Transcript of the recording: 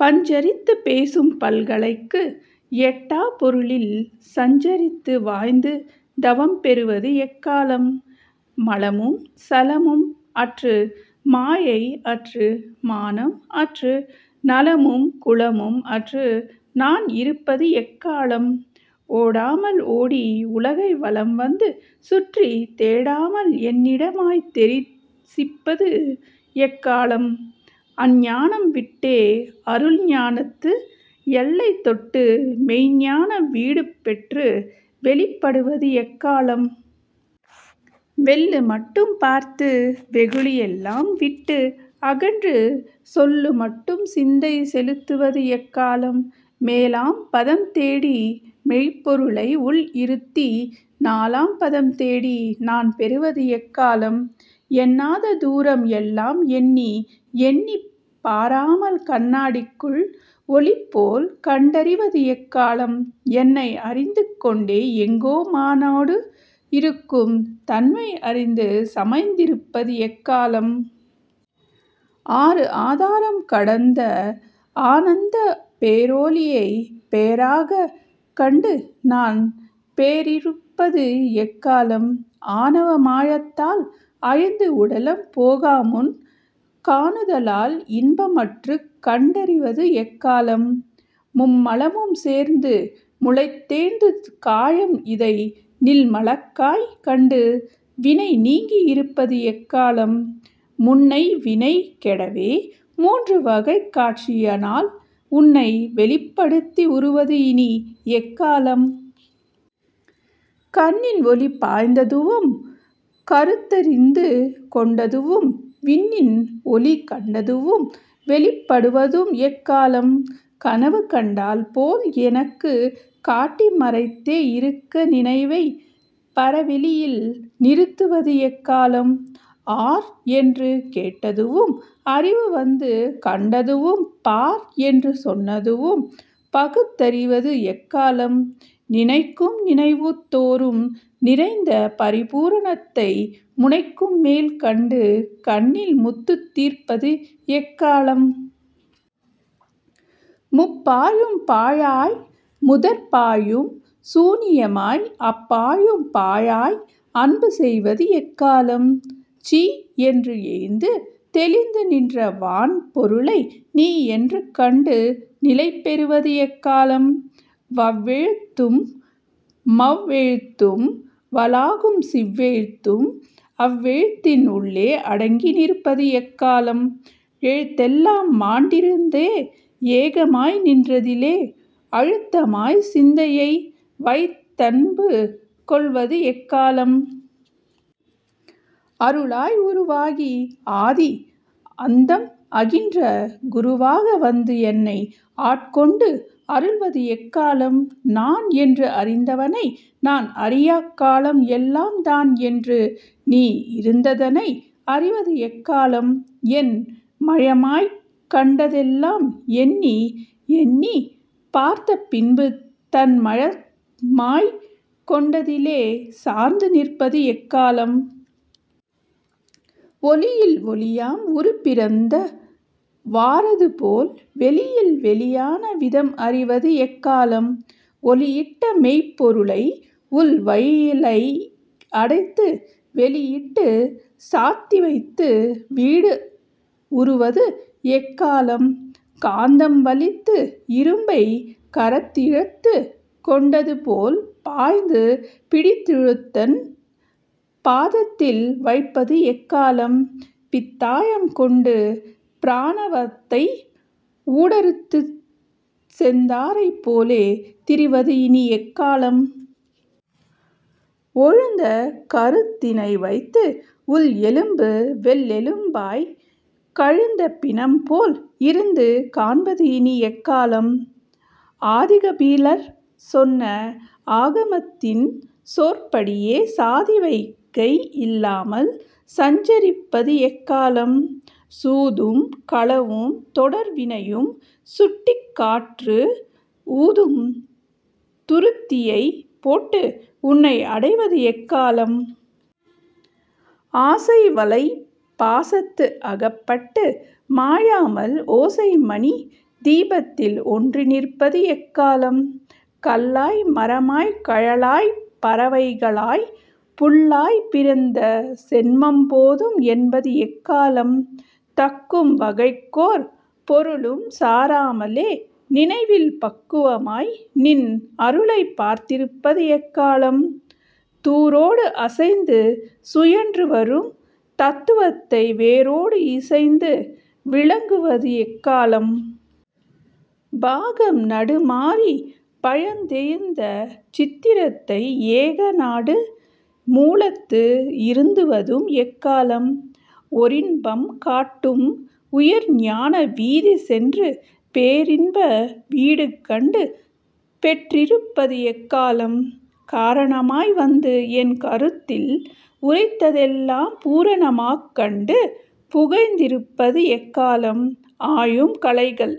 பஞ்சரித்துப் பேசும்பல்கலைக்கு எட்டாப் பொருளில் சஞ்சரித்து வாழ்ந்து தவம் பெறுவது எக்காலம்? மலமும் சலமும்அற்று மாயை அற்று மானம் அற்று நலமும் குலமும் அற்று நான் இருப்பது எக்காலம்? ஓடாமல் ஓடி உலகை வலம் வந்து சுற்றித் தேடாமல் என்னிடமாய்த் தெரிசிப்பது எக்காலம்? அஞ்ஞானம் விட்டே, அருள் ஞானத்து எல்லைதொட்டு மெய்ஞ்ஞான வீடுபெற்று வெளிப்படுவது எக்காலம்? வெல்லும்மட்டும் பார்த்து, வெகுளியெலாம் விட்டு அகன்று சொல்லுமட்டும் சிந்தை செலுத்துவது எக்காலம்? மேலாம் பதம்தேடி மெய்ப்பொருளை உள்இருத்தி நாலாம் பதம் தேடி நான் பெறுவது எக்காலம்? எண்ணாத தூரம் எல்லாம் எண்ணி எண்ணிப் பாராமல் கண்ணாடிக்குள் ஒளிபோல கண்டறிவது எக்காலம்? என்னை அறிந்து கொண்டே எங்கோமானோடு இருக்கும் தன்மை அறிந்து சமைந்திருப்பது எக்காலம்? ஆறு ஆதாரம் கடந்த ஆனந்தப் பேரொளியை பேறாகக் கண்டு நான் பெற்றிருப்பது எக்காலம்? ஆணவ மாயத்தால் அழிந்து உடலம் போகாமுன் காணுதலால் இன்பமற்றுக் கண்டறிவது எக்காலம்? மும்மலமும் சேர்ந்து முளைத்தெழுந்த காயம் இதை நில்மலமாய்க் கண்டு வினை நீங்கி இருப்பது எக்காலம்? முன்னை வினை கெடவே மூன்று வகைக் காட்சியினால் உன்னை வெளிப்படுத்தி உறுவது இனி எக்காலம்? கண்ணின் ஒளி பாய்ந்ததுவும் கருத்தறிந்து கொண்டதுவும் விண்ணின் ஒளி கண்டதுவும் வெளிப்படுவதும் எக்காலம்? கனவு கண்டால் போல் எனக்குக் காட்டி மறைத்தே இருக்க நினைவைப் பரவெளியில் நிறுத்துவது எக்காலம்? ஆர் என்று கேட்டதுவும் அறிவு வந்து கண்டதுவும் பார் என்று சொன்னதுவும் பகுத்தறிவது எக்காலம்? நினைக்கும் நினைவுதோறும் நிறைந்த பரிபூரணத்தை முனைக்குமேல் கண்டு கண்ணில் முத்துதிர்ப்பது எக்காலம்? முப்பாழும் பாழாய், முதற்பாழும் சூனியமாய் அப்பாழும் பாழாய் அன்பு செய்வது எக்காலம்? சீ யென்று எழுந்து தெளிந்து நின்ற வான் பொருளை நீ யென்று கண்டு நிலை பெறுவது எக்காலம்? வவ்வெழுத்தும் மவ்வெழுத்தும் வாளாகும் சிவ்வெழுத்தும் அவ்வெழுத்தின் உள்ளே அடங்கி நிற்பது எக்காலம்? எழுத்தெல்லாம் மாண்டிறந்தே ஏகமாய் நின்றதிலே அழுத்தமாய்ச் சிந்தையை வைத்தன்பு கொள்வது எக்காலம்? அருளாய் உருவாகி ஆதி அந்தம் ஆகின்ற குருவாக வந்து எனை ஆட்கொண்டு அருள்வது எக்காலம்? நான் என்று அறிந்தவனை நான் அறியாக் காலம் எல்லாம் தான் என்று நீ இருந்ததனை அறிவது எக்காலம்? என் மயமாய்க் கண்டதெல்லாம் எண்ணி எண்ணிப் பார்த்த பின்பு தன் மயமாய்க் கொண்டதிலே சார்ந்து நிற்பது எக்காலம்? ஒளியில் ஒளியாம் உருப்பிறந்த வாறதுபோல் வெளியில் வெளியான விதம் அறிவது எக்காலம்? ஒளிஇட்ட மெய்ப்பொருளை உள் வழியிலே அடைத்து வெளியிட்டுச் சாத்திவைத்து வீடு உறுவது எக்காலம்? காந்தம் வலித்து இரும்பைக் கரத்திழுத்துக் கொண்டதுபோல் பாய்ந்து பிடித்திழுத்துன் பாதத்தில் வைப்பது எக்காலம்? பித்தாயம் கொண்டு பிரணவத்தை ஊடறுத்துச் செந்தாரைப் போலே திரிவது இனி எக்காலம்? ஒழிந்த கருத்தினை வைத்து உள் எலும்பு வெள் எலும்பாய்க் கழிந்த பிணம் போல் இருந்து காண்பது இனி எக்காலம்? ஆதிகபிலர் சொன்ன ஆகமத்தின் சொற்படியே சாதிவகை இல்லாமல் சஞ்சரிப்பது எக்காலம்? சூதும் களவும் தொடர்வினையும் சுட்டிக் காற்று ஊதும் துருத்தியைப் போட்டு உனை அடைவது எக்காலம்? ஆசைவலைப் பாசத்து அகப்பட்டு மாயாமல் ஓசைமணித் தீபத்தில் ஒன்றி நிற்பது எக்காலம்? கல்லாய் மரமாய்க் கயலாய்ப் பறவைகளாய்ப் புல்லாய் பிறந்த சென்மம் போதும் என்பது எக்காலம்? தக்கும் வகைக்கோர் பொருளும் சாராமலே நினைவில் பக்குவமாய் நின் அருளைப் பார்த்திருப்பது எக்காலம்? தூரோடு அசைந்து சுழன்று வரும் தத்துவத்தை வேரோடு இசைந்து விளங்குவதும் எக்காலம்? பாகம் நடு மாறிப் பயந்தெழுந்த சித்திரத்தை ஏகநடு மூலத்து இருத்துவதும் எக்காலம்? ஓரின்பம் காட்டும் உயர்ஞான வீதி சென்று பேரின்ப வீடுகண்டு பெற்றிருப்பது எக்காலம்? காரணமாய் வந்து என் கருத்தில் உரைத்ததெல்லாம் பூரணமாக் கண்டு புகழ்ந்திருப்பது எக்காலம்? ஆயும் கலைகள்